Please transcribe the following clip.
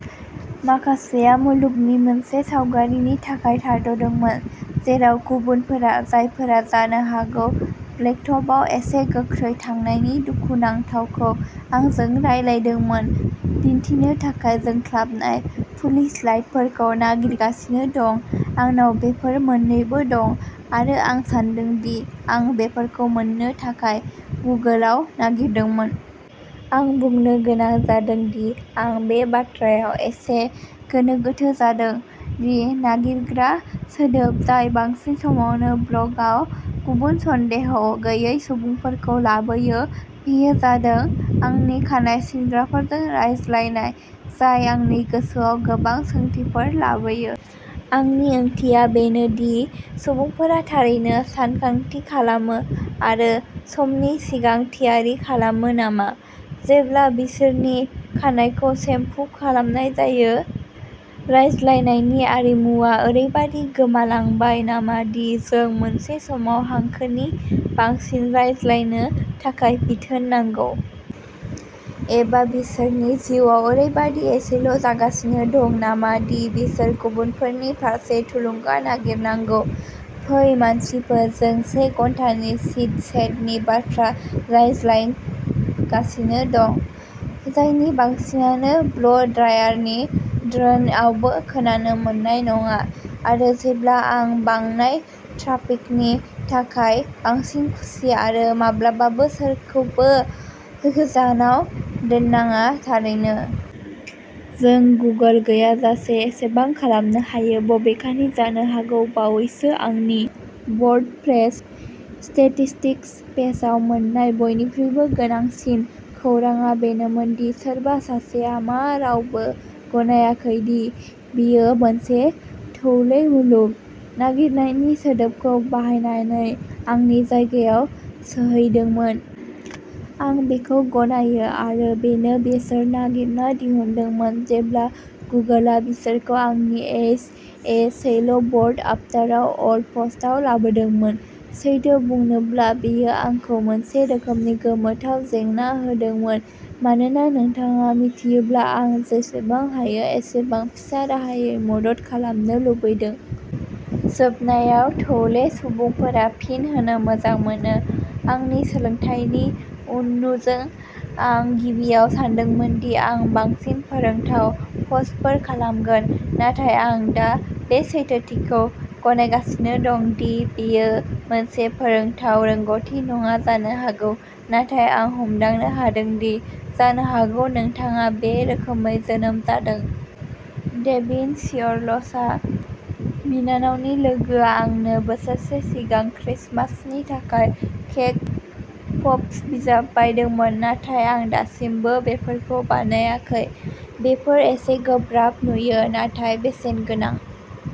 माखासेया मुलुगनि मोनसे सावगारिनि थाखाय थाद'दोंमोन जेराव गुबुनफोरा, जायफोरा जानो हागौ ब्लेकटपआव एसे गोख्रै थांनायनि दुखुनांथावखौ आंजों रानलायदोंमोन, दिन्थिनो थाखाय जोंख्लाबनाय पुलिस लाइटफोरखौ नागिरगासिनो दं। आंनाव बेफोर मोन्नैबो दं आरो आं सान्दों दि आं बेफोरखौ मोननो थाखाय गुगोलआव नागिरदोंमोन। आंबो बुंनो गोनां जादों दि आं बे बाथ्रायाव एसे गोनो गोथो जादों दि नागिरग्रा सोदोब जाय बांसिन समावनो ब्ल'गआव गुबुन सन्देह गैयै सुबुंफोरखौ लाबोयो बेयो जादों "आंनि खानाय सिनग्राफोरजों रायज्लायनाय" जाय आंनि गोसोआव गोबां सोंथिफोर लाबोयो। आंनि ओंथिया बेनो दि सुबुंफोरा थारैनो सानथांखि खालामो आरो समनि सिगां थियारि खालामो नामा, जेब्ला बिसोरनि खानाइखौ सेम्पु खालामनाय जायो? रायज्लायनायनि आरिमुआ ओरैबायदि गोमालांबाय नामा दि जों मोनसे समाव हांखोनि बांसिन रायज्लायनो थाखाय बिथोन नांगौ? एबा बिसोरनि जिउआव ओरैबायदि एसेल'जागासिनो दं नामा दि बिसोर गुबुनफोरनि फारसे थुलुंगा नागिरनांगौ? फै मानसिफोर! जों से घन्टानि चिट चेटनि बाथ्रा रायज्लांगासिनो दं, जायनि बांसिनानो ब्ल'ड्रायारनि ड्रोनआवबो खोनानो मोननाय नङा। आरो जेब्ला आं बांनाय ट्राफिकनि थाखाय बांसिन खुसि आरो माब्लाबाबो सोरखौबो गोजानाव दोन्नाङा, थारैनो। जों गुगोल गैयाजासे एसेबां खालामनो हायो। बबेखानि, जानो हागौ बावैसो आंनि वर्डप्रेस स्टेटिस्टिक्स पेजआव मोन्नाय बयनिख्रुइबो गोनांसिन खौरांआ बेनोमोन दि सोरबा सासेया "मा रावबो गनायाखै दि बेयो मोनसे थौले मुलुग? " नागिरनायनि सोदोबखौ बाहायनानै आंनि जायगायाव सौहैदोंमोन। आं बेखौ गनायो!! आरो बेनो बिसोर नागिरना दिहुनदोंमोन जेब्ला गुगोलआ बिसोरखौ आंनि "it's a shallow world after all" पस्टआव लाबोदोंमोन। सैथो बुंनोब्ला, बेयो आंखौ मोनसे रोखोमनि गोमोथाव जेंना होदोंमोन मानोना नोंथाङा मिथियोब्ला, आं जेसेबां हायो एसेबां फिसा राहायै मदद खालामनो लुबैदों। जोबनायाव, थौले सुबुंफोरा फिन होनो मोजां मोनो। आंनि सोलोंथायनि उननुजों आं गिबियाव सानदोंमोन दि आं बांसिन "फोरोंथाव" पस्टफोर खालामगोन नाथाय आं दा बे सैथोथिखौ गनायगासिनो दं दि बेयो मोनसे "फोरोंथाव" रोंग'थि नङा जानो हागौ नाथाय आं हमदांनो हादों दि जानो हागौ नोंथाङा "बे रोखोमै जोनोम जादों"। डेभिन सियरल्सआ। बिनानावनि लोगोआ आंनो बोसोरसे सिगां क्रिसमासनि थाखाय केक पप्स बिजाब बायदोंमोन, नाथाय आं दासिमबो बेफोरखौ बानायाखै। बेफोर एसे गोब्राब नुयो, नाथाय बेसेनगोनां।